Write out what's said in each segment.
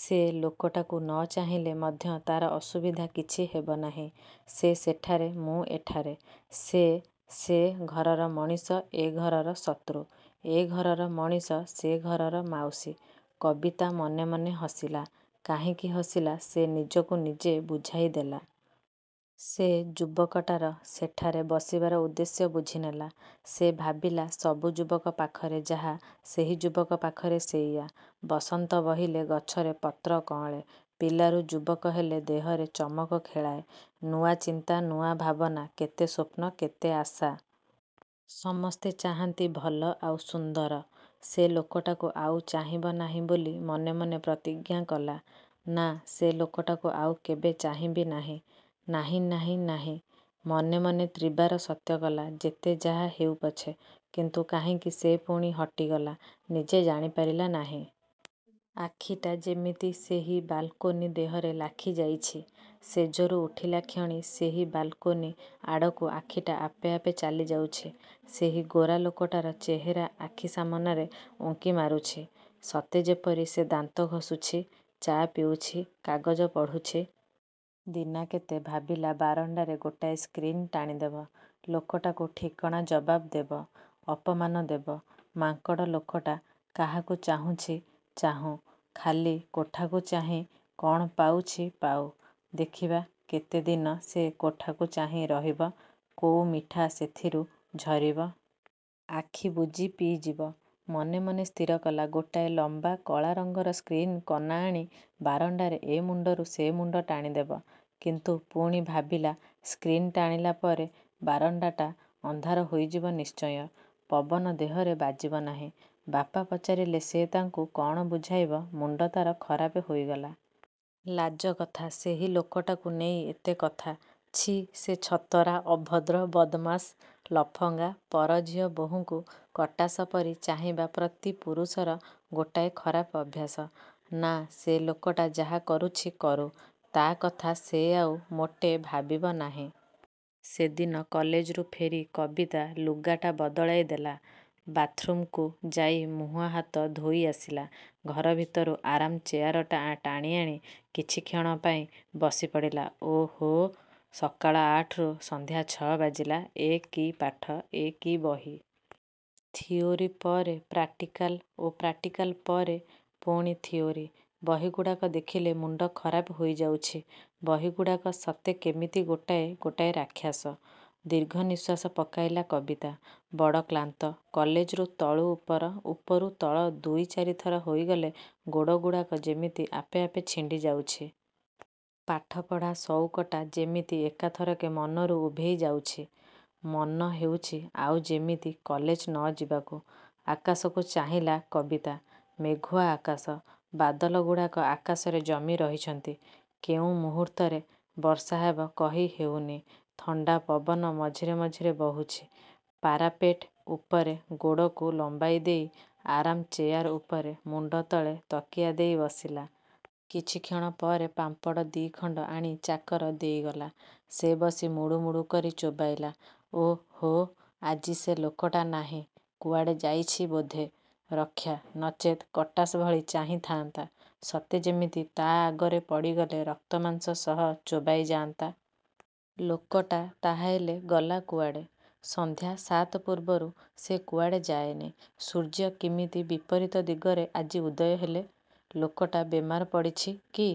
ସେ ଲୋକଟାକୁ ନ ଚାହିଁଲେ ମଧ୍ୟ ତା'ର ଅସୁବିଧା କିଛି ହେବନାହିଁ। ସେ ସେଠାରେ ମୁଁ ଏଠାରେ। ସେ, ସେ ଘରର ମଣିଷ ଏ ଘରର ଶତ୍ରୁ। ଏ ଘରର ମଣିଷ ସେ ଘରର ମାଉସୀ। କବିତା ମନେ ମନେ ହସିଲା। କାହିଁକି ହସିଲା ସେ ନିଜକୁ ନିଜେ ବୁଝାଇ ଦେଲା। ସେ ଯୁବକଟାର ସେଠାରେ ବସିବାର ଉଦ୍ଦେଶ୍ୟ ବୁଝିନେଲା। ସେ ଭାବିଲା ସବୁ ଯୁବକ ପାଖରେ ଯାହା, ସେହି ଯୁବକ ପାଖରେ ସେଇଆ। ବସନ୍ତ ବହିଲେ ଗଛରେ ପତ୍ର କଅଁଳେ। ପିଲାରୁ ଯୁବକ ହେଲେ ଦେହରେ ଚମକ ଖେଳାଏ। ନୂଆ ଚିନ୍ତା ନୂଆ ଭାବନା, କେତେ ସ୍ୱପ୍ନ କେତେ ଆଶା। ସମସ୍ତେ ଚାହାଁନ୍ତି ଭଲ ଆଉ ସୁନ୍ଦର। ସେ ଲୋକଟାକୁ ଆଉ ଚାହିଁବ ନାହିଁ ବୋଲି ମନେ ମନେ ପ୍ରତିଜ୍ଞା କଲା। ନାଁ, ସେ ଲୋକଟାକୁ ଆଉ କେବେ ଚାହିଁବି ନାହିଁ। ନାହିଁ ନାହିଁ, ନାହିଁ। ମନେ ମନେ ତ୍ରିବାର ସତ୍ୟକଲା ଯେତେ ଯାହା ହେଉପଛେ। କିନ୍ତୁ କାହିଁକି ସେ ପୁଣି ହଟିଗଲା, ନିଜେ ଜାଣି ପାରିଲା ନାହିଁ। ଆଖିଟା ଯେମିତି ସେହି ବାଲକୋନି ଦେହରେ ଲାଖି ଯାଇଛି। ଶେଯରୁ ଉଠିଲାକ୍ଷଣି ସେହି ବାଲକୋନି ଆଡ଼କୁ ଆଖିଟା ଆପେ ଆପେ ଚାଲିଯାଉଛି। ସେହି ଗୋରା ଲୋକଟାର ଚେହେରା ଆଖି ସାମନାରେ ଉଙ୍କି ମାରୁଛି। ସତେ ଯେପରି ସେ ଦାନ୍ତ ଘଷୁଛି, ଚା' ପିଉଛି, କାଗଜ ପଢ଼ୁଛି। ଦିନାକେତେ ଭାବିଲା ବାରଣ୍ଡାରେ ଗୋଟାଏ ସ୍କ୍ରିନ୍ ଟାଣିଦେବ। ଲୋକଟାକୁ ଠିକଣା ଜବାବ୍ ଦେବ। ଅପମାନ ଦେବ। ମାଙ୍କଡ଼ ଲୋକଟା କାହାକୁ ଚାହୁଁଛି ଚାହୁଁ। ଖାଲି କୋଠାକୁ ଚାହିଁ କ'ଣ ପାଉଛି ପାଉ। ଦେଖିବା କେତେଦିନ ସେ କୋଠାକୁ ଚାହିଁ ରହିବ? କୋଉ ମିଠା ସେଥିରୁ ଝରିବ। ଆଖିବୁଜି ପିଇଯିବ। ମନେ ମନେ ସ୍ଥିର କଲା ଗୋଟାଏ ଲମ୍ୱା କଳା ରଙ୍ଗର ସ୍କ୍ରିନ୍ କନା ଆଣି ବାରଣ୍ଡାରେ ଏମୁଣ୍ଡରୁ ସେମୁଣ୍ଡ ଟାଣି ଦେବ। କିନ୍ତୁ ପୁଣି ଭାବିଲା ସ୍କ୍ରିନ୍ ଟାଣିଲା ପରେ ବାରଣ୍ଡାଟା ଅନ୍ଧାର ହୋଇଯିବ ନିଶ୍ଚୟ। ପବନ ଦେହରେ ବାଜିବ ନାହିଁ। ବାପା ପଚାରିଲେ ସେ ତାଙ୍କୁ କ'ଣ ବୁଝାଇବ ମୁଣ୍ଡ ତା'ର ଖରାପ ହୋଇଗଲା। ଲାଜକଥା, ସେହି ଲୋକଟାକୁ ନେଇ ଏତେ କଥା। ଛି, ସେ ଛତରା, ଅଭଦ୍ର, ବଦମାସ, ଲଫଙ୍ଗା, ପର ଝିଅ ବୋହୂଙ୍କୁ କଟାସ ପରି ଚାହିଁବା ପ୍ରତି ପୁରୁଷର ଗୋଟାଏ ଖରାପ ଅଭ୍ୟାସ। ନାଁ ସେ ଲୋକଟା ଯାହା କରୁଛି କରୁ। ତା' କଥା ସେ ଆଉ ମୋଟେ ଭାବିବ ନାହିଁ। ସେଦିନ କଲେଜରୁ ଫେରି କବିତା ଲୁଗାଟା ବଦଳାଇ ଦେଲା। ବାଥ୍ରୁମ୍କୁ ଯାଇ ମୁହଁ ହାତ ଧୋଇ ଆସିଲା, ଘର ଭିତରୁ ଆରାମ୍ ଚେୟାରଟା ଟାଣିଆଣି କିଛିକ୍ଷଣ ପାଇଁ ବସିପଡ଼ିଲା। ଓଃହୋଃ ସକାଳ ଆଠରୁ ସନ୍ଧ୍ୟା ଛଅ ବାଜିଲା। ଏ କି ପାଠ। ଏ କି ବହି। ଥିଓରି ପରେ ପ୍ରାକ୍ଟିକାଲ ଓ ପ୍ରାକ୍ଟିକାଲ ପରେ ପୁଣି ଥିଓରି। ବହିଗୁଡ଼ାକ ଦେଖିଲେ ମୁଣ୍ଡ ଖରାପ ହୋଇଯାଉଛି। ବହିଗୁଡ଼ାକ ସତେ କେମିତି ଗୋଟାଏ ଗୋଟାଏ ରାକ୍ଷସ। ଦୀର୍ଘନିଶ୍ୱାସ ପକାଇଲା କବିତା। ବଡ଼ କ୍ଳାନ୍ତ। କଲେଜରୁ ତଳୁ ଉପର, ଉପରୁ ତଳ ଦୁଇ ଚାରିଥର ହୋଇଗଲେ ଗୋଡ଼ଗୁଡ଼ାକ ଯେମିତି ଆପେ ଆପେ ଛିଣ୍ଡି ଯାଉଛି। ପାଠପଢ଼ା ସଉକଟା ଯେମିତି ଏକାଥରକେ ମନରୁ ଉଭେଇ ଯାଉଛି। ମନ ହେଉଛି ଆଉ ଯେମିତି କଲେଜ ନ ଯିବାକୁ। ଆକାଶକୁ ଚାହିଁଲା କବିତା। ମେଘୁଆ ଆକାଶ। ବାଦଲଗୁଡ଼ାକ ଆକାଶରେ ଜମି ରହିଛନ୍ତି। କେଉଁ ମୁହୂର୍ତ୍ତରେ ବର୍ଷାହେବ କହି ହେଉନି। ଥଣ୍ଡାପବନ ମଝିରେ ମଝିରେ ବହୁଛି। ପାରାପେଟ୍ ଉପରେ ଗୋଡ଼କୁ ଲମ୍ୱାଇଦେଇ ଆରାମ୍ ଚେୟାର ଉପରେ ମୁଣ୍ଡତଳେ ତକିଆ ଦେଇ ବସିଲା। କିଛିକ୍ଷଣ ପରେ ପାମ୍ପଡ଼ ଦି'ଖଣ୍ଡ ଆଣି ଚାକର ଦେଇଗଲା। ସେ ବସି ମୁଡ଼ୁମୁଡ଼ୁ କରି ଚୋବାଇଲା। ଓଃ ହୋଃ ଆଜି ସେ ଲୋକଟା ନାହିଁ। କୁଆଡ଼େ ଯାଇଛି ବୋଧେ। ରକ୍ଷା, ନଚେତ୍ କଟାସ ଭଳି ଚାହିଁଥାନ୍ତା। ସତେ ଯେମିତି ତା' ଆଗରେ ପଡ଼ିଗଲେ ରକ୍ତମାଂସ ସହ ଚୋବାଇଯାନ୍ତା। ଲୋକଟା ତା' ହେଲେ ଗଲା କୁଆଡ଼େ? ସନ୍ଧ୍ୟା ସାତ ପୂର୍ବରୁ ସେ କୁଆଡ଼େ ଯାଏନି। ସୂର୍ଯ୍ୟ କିମିତି ବିପରୀତ ଦିଗରେ ଆଜି ଉଦୟ ହେଲେ? ଲୋକଟା ବେମାର ପଡ଼ିଛି କି?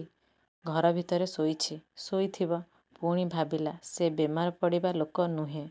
ଘର ଭିତରେ ଶୋଇଛି। ଶୋଇଥିବ। ପୁଣି ଭାବିଲା, ସେ ବେମାର ପଡ଼ିବା ଲୋକ ନୁହେଁ।